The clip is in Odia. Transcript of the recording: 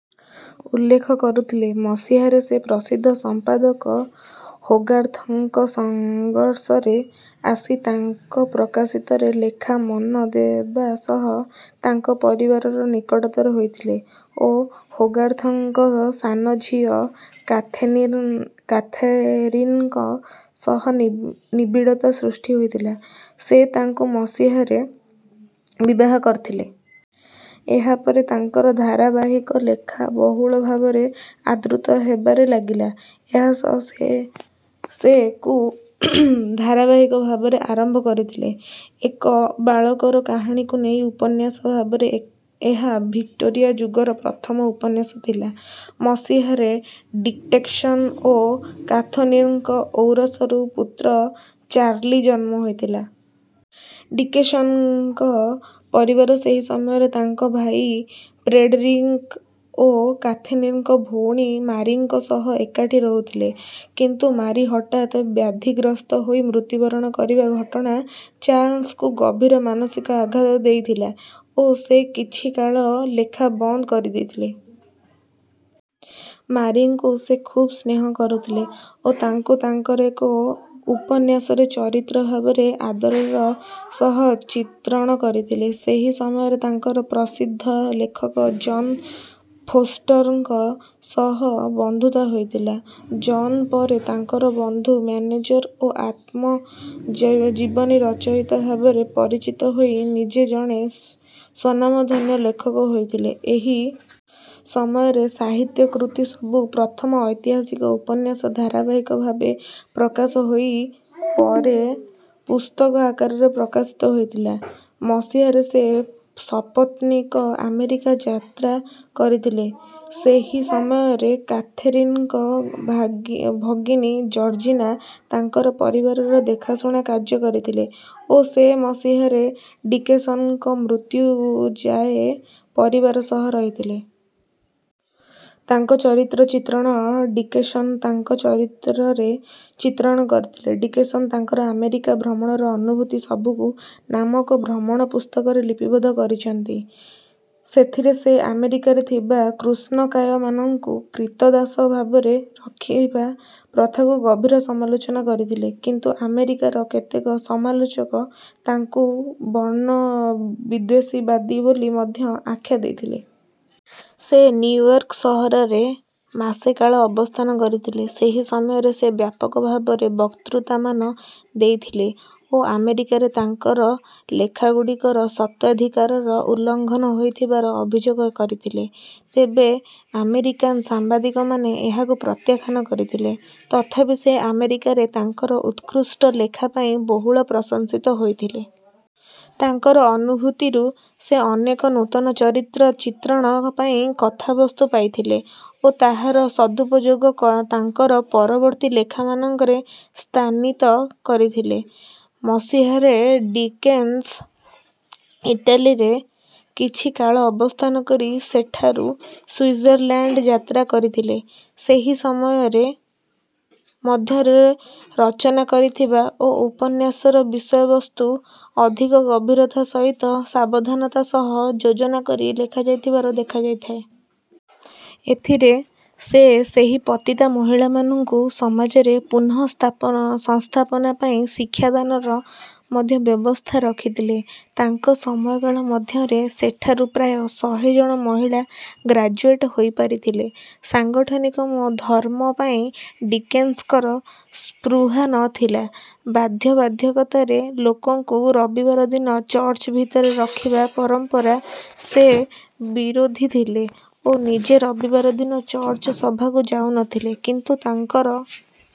ଉଲ୍ଲେଖ କରୁଥିଲେ। ମସିହାରେ ସେ ପ୍ରସିଦ୍ଧ ସମ୍ପାଦକ ହୋଗାର୍ଥଙ୍କ ସଂସର୍ଗରେ ଆସି ତାଙ୍କ ପ୍ରକାଶିତ ରେ ଲେଖା ମନ ଦେବା ସହ ତାଙ୍କ ପରିବାରର ନିକଟତର ହୋଇଥିଲେ ଓ ହୋଗାର୍ଥଙ୍କ ସାନ ଝିଅ କାଥେରିନ୍‌ଙ୍କ ସହ ନିବିଡ଼ତା ସୃଷ୍ଟି କରିଥିଲେ। ସେ ତାଙ୍କୁ ମସିହାରେ ବିବାହ କରିଥିଲେ। ଏହା ପରେ ତାଙ୍କର ଧାରାବାହିକ ଲେଖା ବହୁଳ ଭାବରେ ଆଦୃତ ହେବାରେ ଲାଗିଲା। ଏହା ସହ ସେ କୁ ଧାରାବାହିକ ଭାବରେ ଆରମ୍ଭ କରିଥିଲେ। ଏକ ବାଳକର କାହାଣୀକୁ ନେଇ ଉପନ୍ୟାସ ଭାବରେ ଏହା ଭିକ୍ଟୋରିଆ ଯୁଗର ପ୍ରଥମ ଉପନ୍ୟାସ ଥିଲା। ମସିହାରେ ଡିକେନ୍ସ ଓ କାଥେରିନ୍‌ଙ୍କ ଔରସରୁ ପୁତ୍ର ଚାର୍ଲି ଜନ୍ମ ହୋଇଥିଲା। ଡିକେନ୍ସଙ୍କ ପରିବାର ସେହି ସମୟରେ ତାଙ୍କ ଭାଇ ଫ୍ରେଡରିକ୍ ଓ କାଥେରୀନ୍‌ଙ୍କ ଭଉଣୀ ମାରିଙ୍କ ସହ ଏକାଠି ରହୁଥିଲେ। କିନ୍ତୁ ମାରି ହଠାତ୍ ବ୍ୟାଧିଗ୍ରସ୍ତ ହୋଇ ମୃତ୍ୟୁବରଣ କରିବା ଘଟଣା ଚାର୍ଲସ୍‌ଙ୍କୁ ଗଭୀର ମାନସିକ ଆଘାତ ଦେଇଥିଲା ଓ ସେ କିଛି କାଳ ଲେଖା ବନ୍ଦ କରିଦେଇଥିଲେ। ମାରିଙ୍କୁ ସେ ଖୁବ୍ ସ୍ନେହ କରୁଥିଲେ ଓ ତାଙ୍କୁ ତାଙ୍କର ଏକ ଉପନ୍ୟାସରେ ଚରିତ୍ର ଭାବରେ ଆଦରର ସହ ଚିତ୍ରଣ କରିଥିଲେ। ସେହି ସମୟରେ ତାଙ୍କର ପ୍ରସିଦ୍ଧ ଲେଖକ ଜନ୍ ଫୋଷ୍ଟରଙ୍କ ସହ ବନ୍ଧୁତା ହୋଇଥିଲା। ଜନ୍ ପରେ ତାଙ୍କର ବନ୍ଧୁ, ମ୍ୟାନେଜର୍ ଓ ଆତ୍ମଜୀବନୀ ରଚୟିତା ଭାବରେ ପରିଚିତ ହୋଇ ନିଜେ ଜଣେ ସ୍ୱନାମଧନ୍ୟ ଲେଖକ ହୋଇପାରିଥିଲେ। ଏହି ସମୟରେ ସାହିତ୍ୟ କୃତି ସବୁ ପ୍ରଥମ ଐତିହାସିକ ଉପନ୍ୟାସ ଧାରାବାହିକ ଭାବେ ପ୍ରକାଶ ହୋଇ ପରେ ପୁସ୍ତକ ଆକାରରେ ପ୍ରକାଶିତ ହୋଇଥିଲା। ମସିହାରେ ସେ ସପତ୍ନୀକ ଆମେରିକା ଯାତ୍ରା କରିଥିଲେ। ସେହି ସମୟରେ କାଥେରୀନ୍‌ଙ୍କ ଭଗିନୀ ଜର୍ଜିନା ତାଙ୍କର ପରିବାରର ଦେଖାଶୁଣା କାର୍ଯ୍ୟ କରିଥିଲେ ଓ ସେ ମସିହାରେ ଡିକେନ୍ସଙ୍କ ମୃତ୍ୟୁ ଯାଏ ପରିବାର ସହ ରହିଥିଲେ। ତାଙ୍କ ଚରିତ୍ର ଚିତ୍ରଣ ଡିକେନ୍ସ ତାଙ୍କ ଚରିତ୍ରରେ ଚିତ୍ରଣ କରିଥିଲେ। ଡିକେନ୍ସ ତାଙ୍କର ଆମେରିକା ଭ୍ରମଣର ଅନୁଭୂତି ସବୁକୁ ନାମକ ଭ୍ରମଣ ପୁସ୍ତକରେ ଲିପିବଦ୍ଧ କରିଛନ୍ତି। ସେଥିରେ ସେ ଆମେରିକାରେ ଥିବା କୃଷ୍ଣକାୟମାନଙ୍କୁ କ୍ରୀତଦାସ ଭାବରେ ରଖିବା ପ୍ରଥାକୁ ଗଭୀର ସମାଲୋଚନା କରିଥିଲେ। କିନ୍ତୁ ଆମେରିକାର କେତେକ ସମାଲୋଚକ ତାଙ୍କୁ ବର୍ଣ୍ଣବିଦ୍ୱେଷବାଦୀ ବୋଲି ମଧ୍ୟ ଆଖ୍ୟା ଦେଇଥିଲେ। ସେ ନିଉୟର୍କ ସହରରେ ମାସେ କାଳ ଅବସ୍ଥାନ କରିଥିଲେ। ସେହି ସମୟରେ ସେ ବ୍ୟାପକ ଭାବରେ ବକ୍ତୃତାମାନ ଦେଇଥିଲେ ଓ ଆମେରିକାରେ ତାଙ୍କର ଲେଖାଗୁଡ଼ିକର ସତ୍ତ୍ୱାଧିକାରର ଉଲ୍ଲଂଘନ ହୋଇଥିବାର ଅଭିଯୋଗ କରିଥିଲେ। ତେବେ ଆମେରିକାନ୍ ସାମ୍ବାଦିକମାନେ ଏହାକୁ ପ୍ରତ୍ୟାଖ୍ୟାନ କରିଥିଲେ। ତଥାପି ସେ ଆମେରିକାରେ ତାଙ୍କର ଉତ୍କୃଷ୍ଟ ଲେଖା ପାଇଁ ବହୁଳ ପ୍ରଶଂସିତ ହୋଇଥିଲେ। ତାଙ୍କର ଅନୁଭୂତିରୁ ସେ ଅନେକ ନୂତନ ଚରିତ୍ର ଚିତ୍ରଣ ପାଇଁ କଥାବସ୍ତୁ ପାଇଥିଲେ ଓ ତାହାର ସଦୁପଯୋଗ ତାଙ୍କର ପରବର୍ତ୍ତୀ ଲେଖାମାନଙ୍କରେ ସ୍ଥାନିତ କରିଥିଲେ। ମସିହାରେ ଡିକେନ୍ସ ଇଟାଲୀରେ କିଛି କାଳ ଅବସ୍ଥାନ କରି ସେଠାରୁ ସ୍ୱିଜର୍ଲାଣ୍ଡ ଯାତ୍ରା କରିଥିଲେ। ଏହି ସମୟ ମଧ୍ୟରେ ରଚନା କରିଥିବା ଓ ଉପନ୍ୟାସର ବିଷୟବସ୍ତୁ ଅଧିକ ଗଭୀରତା ସହିତ ସାବଧାନତା ସହ ଯୋଜନା କରି ଲେଖାଯାଇଥିବାର ଦେଖାଯାଇଥାଏ। ଏଥିରେ ସେ ସେହି ପତିତା ମହିଳାମାନଙ୍କୁ ସମାଜରେ ପୁନଃସଂସ୍ଥାପନା ପାଇଁ ଶିକ୍ଷାଦାନର ମଧ୍ୟ ବ୍ୟବସ୍ଥା ରଖିଥିଲେ। ତାଙ୍କ ସମୟକାଳ ମଧ୍ୟରେ ସେଠାରୁ ପ୍ରାୟ ଶହେ ଜଣ ମହିଳା ଗ୍ରାଜୁଏଟ୍ ହୋଇପାରିଥିଲେ। ସାଂଗଠନିକ ଧର୍ମ ପାଇଁ ଡିକେନ୍ସଙ୍କ ସ୍ପୃହା ନ ଥିଲା। ବାଧ୍ୟବାଧକତାରେ ଲୋକଙ୍କୁ ରବିବାର ଦିନ ଚର୍ଚ୍ଚ ଭିତରେ ରଖିବା ପରମ୍ପରାର ସେ ବିରୋଧୀ ଥିଲେ ଓ ନିଜେ ରବିବାର ଦିନ ଚର୍ଚ୍ଚ ସଭାକୁ ଯାଉନଥିଲେ। କିନ୍ତୁ ତାଙ୍କର...